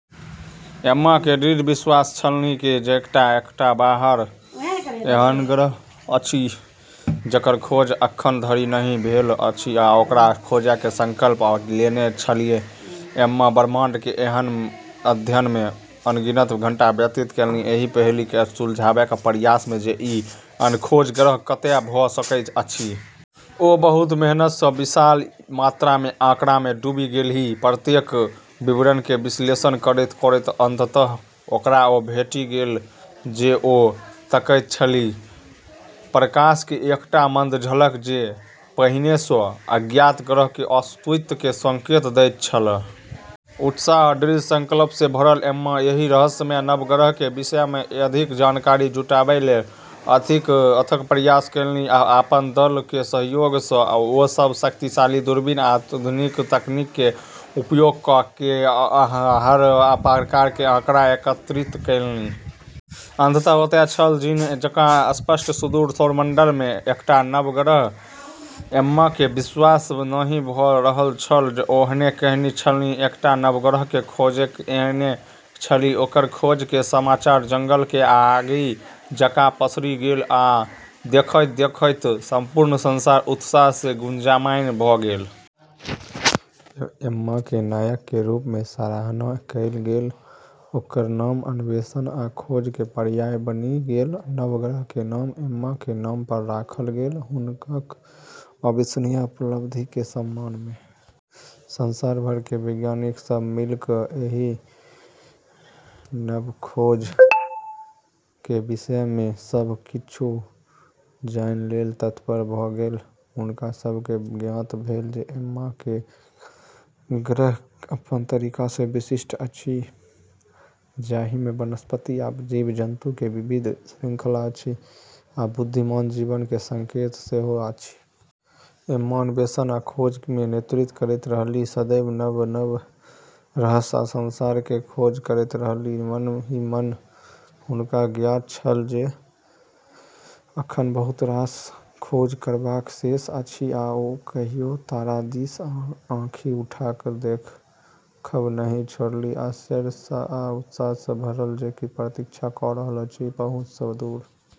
Emma के दृढ़ विश्वास छलन्हि जे बाहर एकटा एहन ग्रह अछि जकर खोज अखन धरि नहि भेल अछि आ ओकरा खोजय के संकल्प ओ लेने छलीह। एम्मा ब्रह्मांड के अध्ययन में अनगिनत घंटा व्यतीत केलनि, एहि पहेली के सुलझावय के प्रयास में जे ई अनखोज ग्रह कतय भऽ सकैत अछि। ओ बहुत मेहनत सँ विशाल मात्रा में आँकड़ामे डूबि गेलीह, प्रत्येक विवरण के विश्लेषण करैत-करैत, अंततः ओकरा ओ भेटि गेल जे ओ तकैत छलीह: प्रकाश के एकटा मंद झलक, जे पहिने सँ अज्ञात ग्रह के अस्तित्व के संकेत दैत छल। उत्साह आ दृढ़ संकल्प सँ भरल एम्मा एहि रहस्यमय नव ग्रह के विषय में अधिक जानकारी जुटावय लेल अथक प्रयास केलनि। अपन दल के सहयोग सँ ओ सब शक्तिशाली दूरबीन आ अत्याधुनिक तकनीक के उपयोग कऽ के हर प्रकार के आँकड़ा एकत्रित केलनि। अंततः, ओतय छल, दिन जकां स्पष्ट: सुदूर सौरमंडल में एकटा नव ग्रह। एम्मा के विश्वास नहि भऽ रहल छल। ओ कहने छलीह, एकटा नव ग्रह के खोज कएने छलीह। ओकर खोज के समाचार जंगल के आगि जकां पसरि गेल आ देखैत-देखैत संपूर्ण संसार उत्साह सँ गुंजायमान भऽ गेल। एम्मा के नायक के रूप में सराहना कएल गेल, ओकर नाम अन्वेषण आ खोज के पर्याय बनि गेल। नव ग्रह के नाम एम्मा के नाम पर राखल गेल, हुनक अविश्वसनीय उपलब्धि के सम्मान में। संसार भर के वैज्ञानिक सब मिल कऽ एहि नव खोज के विषय में सभ किछु जानय लेल तत्पर भऽ गेलाह। हुनका सब के ज्ञात भेल जे एम्मा के ग्रह अपन तरीका सँ विशिष्ट अछि, जहि में वनस्पति आ जीव-जन्तु के विविध श्रृंखला अछि, आ बुद्धिमान जीवन के संकेत सेहो अछि। एम्मा अन्वेषण आ खोज में नेतृत्व करैत रहलीह, सदैव नव-नव रहस्य आ संसार के खोज करैत रहलीह। मन ही मन हुनका ज्ञात छल जे अखन बहुत रास खोज करबाक शेष अछि आ ओ कहियो तारा दिस आँखि उठा कऽ देखब नहि छोड़लीह, आश्चर्य आ उत्साह सँ भरल जे की प्रतीक्षा कऽ रहल अछि, पहुँच सँ दूर।